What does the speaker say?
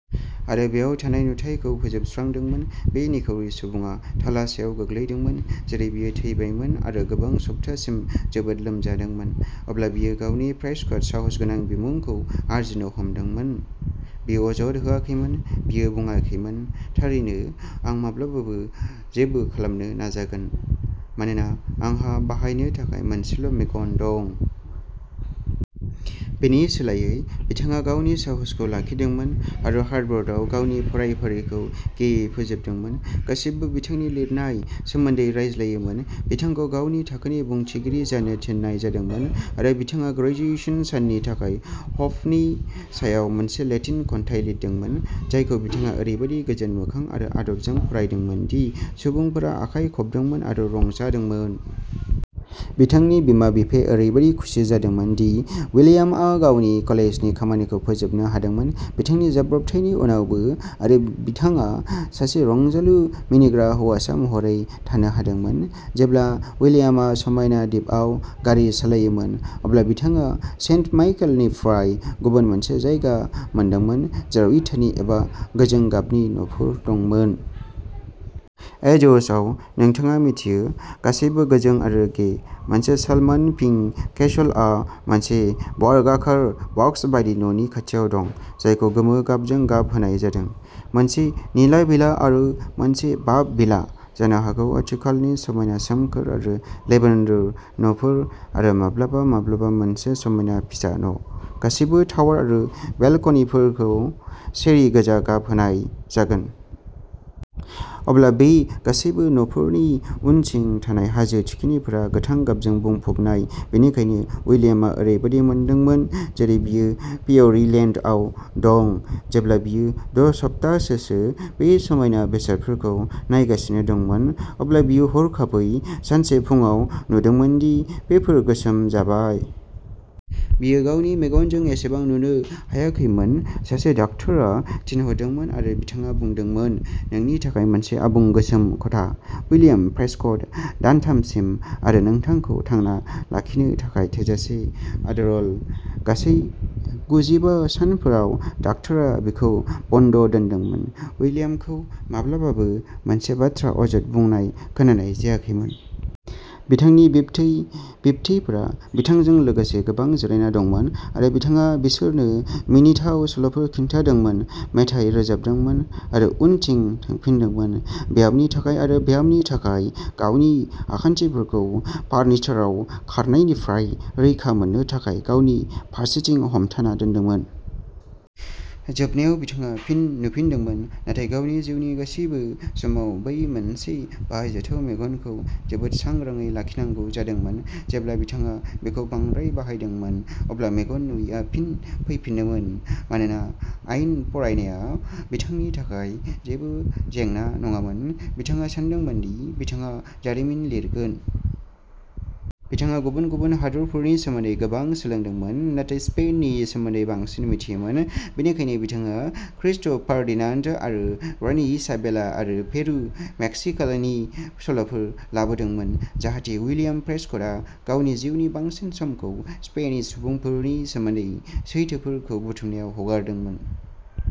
आरो बेयाव थानाय नुथायखौ फोजोबस्रांदोंमोन। बे निखावरि सुबुङा थाला सायाव गोग्लैदोंमोन जेरै बियो थैबायमोन आरो गोबां सप्तासिम जोबोद लोमजादोंमोन। अब्ला बियो गावनि प्रेस्कट, साहसगोनां बिमुंखौ आरजिनो हमदोंमोन। बियो अजद होआखैमोन, बियो बुङाखैमोन "थारैनो, आं माब्लाबाबो जेबो खालामनो नाजागोन, मानोना आंहा बाहायनो थाखाय मोनसेल' मेगन दं।" बेनि सोलायै, बिथाङा गावनि साहसखौ लाखिदोंमोन आरो हार्भार्डआव गावनि फरायफारिखौ गेयै फोजोबदोंमोन। गासैबो बिथांनि लिरनायनि सोमोन्दै रायज्लायोमोन। बिथांखौ गावनि थाखोनि बुंथिगिरि जानो थिननाय जादोंमोन, आरो बिथाङा ग्रेजुएशन साननि थाखाय ह'पनि सायाव मोनसे लेटिन खन्थाइ लिरदोंमोन, जायखौ बिथाङा ओरैबादि गोजोन मोखां आरो आदबजों फरायदोंमोन दि सुबुंफोरा आखाइ खबदोंमोन आरो रंजादोंमोन। बिथांनि बिमा बिफाया ओरैबादि खुसि जादोंमोन दि विलियमआ गावनि कलेजनि खामानिखौ फोजोबनो हादोंमोन, बिथांनि जाब्रबथायनि उनावबो, आरो बिथाङा सासे रंजालु, मिनिग्रा हौवासा महरै थानो हादोंमोन। जेब्ला उइलियामआ समायना दिपआव गारि सालायोमोन, अब्ला बिथाङा सेन्ट माइकेलनिफ्राय गुबुन मोनसे जायगा मोनदोंमोन, जेराव इटानि एबा गोजों गाबनि न'फोर दंमोन। एज'र्सआव, नोंथाङा मिथियो, गासैबो गोजों आरो गे। मोनसे सालमन पिंक केसलआ मोनसे बर्गाकार, बक्स बायदि न'नि खाथियाव दं, जायखौ गोमो गाबजों गाब होनाय जादों; मोनसे निला भिला आरो मोनसे बाफ भिला। जानो हागौ खाथिखालानि समायना सोमखोर आरो लेभेन्डार न'फोर, आरो माब्लाबा माब्लाबा मोनसे समायना फिसा न', गासैबो टावार आरो बेलकनिफोरखौ चेरि गोजा गाब होनाय जागोन। अब्ला बे गासैबो न'फोरनि उनथिं थानाय हाजो थिखिनिफोरा गोथां गाबजों बुंफबनाय। बेनिखायनो उइलियामआ ओरैबायदि मोनदोंमोन जेरै बियो फेयरीलेन्डआव दं। जेब्ला बियो द' सप्ताहसोसो बे समायना बेसादफोरखौ नायगासिनो दंमोन, अब्ला बियो हरखाबै, सानसे फुंआव, नुदोंमोन दि बेफोर गोसोम जाबाय। बियो गावनि मेगनजों एसेबो नुनो हायाखैमोन! सासे डाक्टारा थिनहरदोंमोन आरो बिथाङा बुंदोंमोन "नोंनि थाखाय मोनसे आबुं गोसोम खथा, उइलियाम प्रेस्कट, दानथामसिम, आरो नोंखौ थांना लाखिनो थाखाय थोजासे आदारल !" गासै गुजिबा सानफोराव डाक्टारा बिखौ बन्द' दोनदोंमोन, उइलियामखौ माब्लाबाबो मोनसे बाथ्रा अजद बुंनाय खोनानाय जायाखैमोन। बिथांनि बिबथै बिबथैफोरा बिथांजों लोगोसे गोबां जिरायना दंमोन, आरो बिथाङा बिसोरनो मिनिथाव सल'फोर खिन्थादोंमोन, मेथाइ रोजाबदोंमोन, आरो उनथिं थांफिनदोंमोन। ब्यामनि थाखाय आरो ब्यामनि थाखाय, गावनि आखान्थिफोरखौ फारनिसाराव खारनायनिफ्राय रैखा मोननो थाखाय गावनि फारसेथिं हमथाना दोनदोंमोन। जोबनायाव बिथाङा फिन नुफिनदोंमोन नाथाय गावनि जिउनि गासिबो समाव बै मोनसे बाहायजाथाव मेगनखौ जोबोद सांग्राङै लाखिनांगौ जादोंमोन। जेब्ला बिथाङा बेखौ बांद्राय बाहायदोंमोन, अब्ला मेगन नुयैआ फिन फैफिनोमोन। मानोना आयेन फरायनाया बिथांनि थाखाय जेबो जेंना नङामोन, बिथाङा सानदोंमोन दि बिथाङा जारिमिन लिरगोन। बिथाङा गुबुन गुबुन हादोरफोरनि सोमोन्दै गोबां सोलोंदोंमोन नाथाय स्पेननि सोमोन्दै बांसिन मिथियोमोन। बेनिखायनो बिथाङा क्रिस्ट'फार्डिनान्ड आरो रानि इसाबेला आरो पेरु आरो मेक्सिक'नि सल'फोर लाबोदोंमोन, जाहाथे उइलियाम प्रेस्कटआ गावनि जिउनि बांसिन समखौ स्पेनिश सुबुंफोरनि सोमोन्दै सैथोफोरखौ बुथुमनायाव हगारदोंमोन।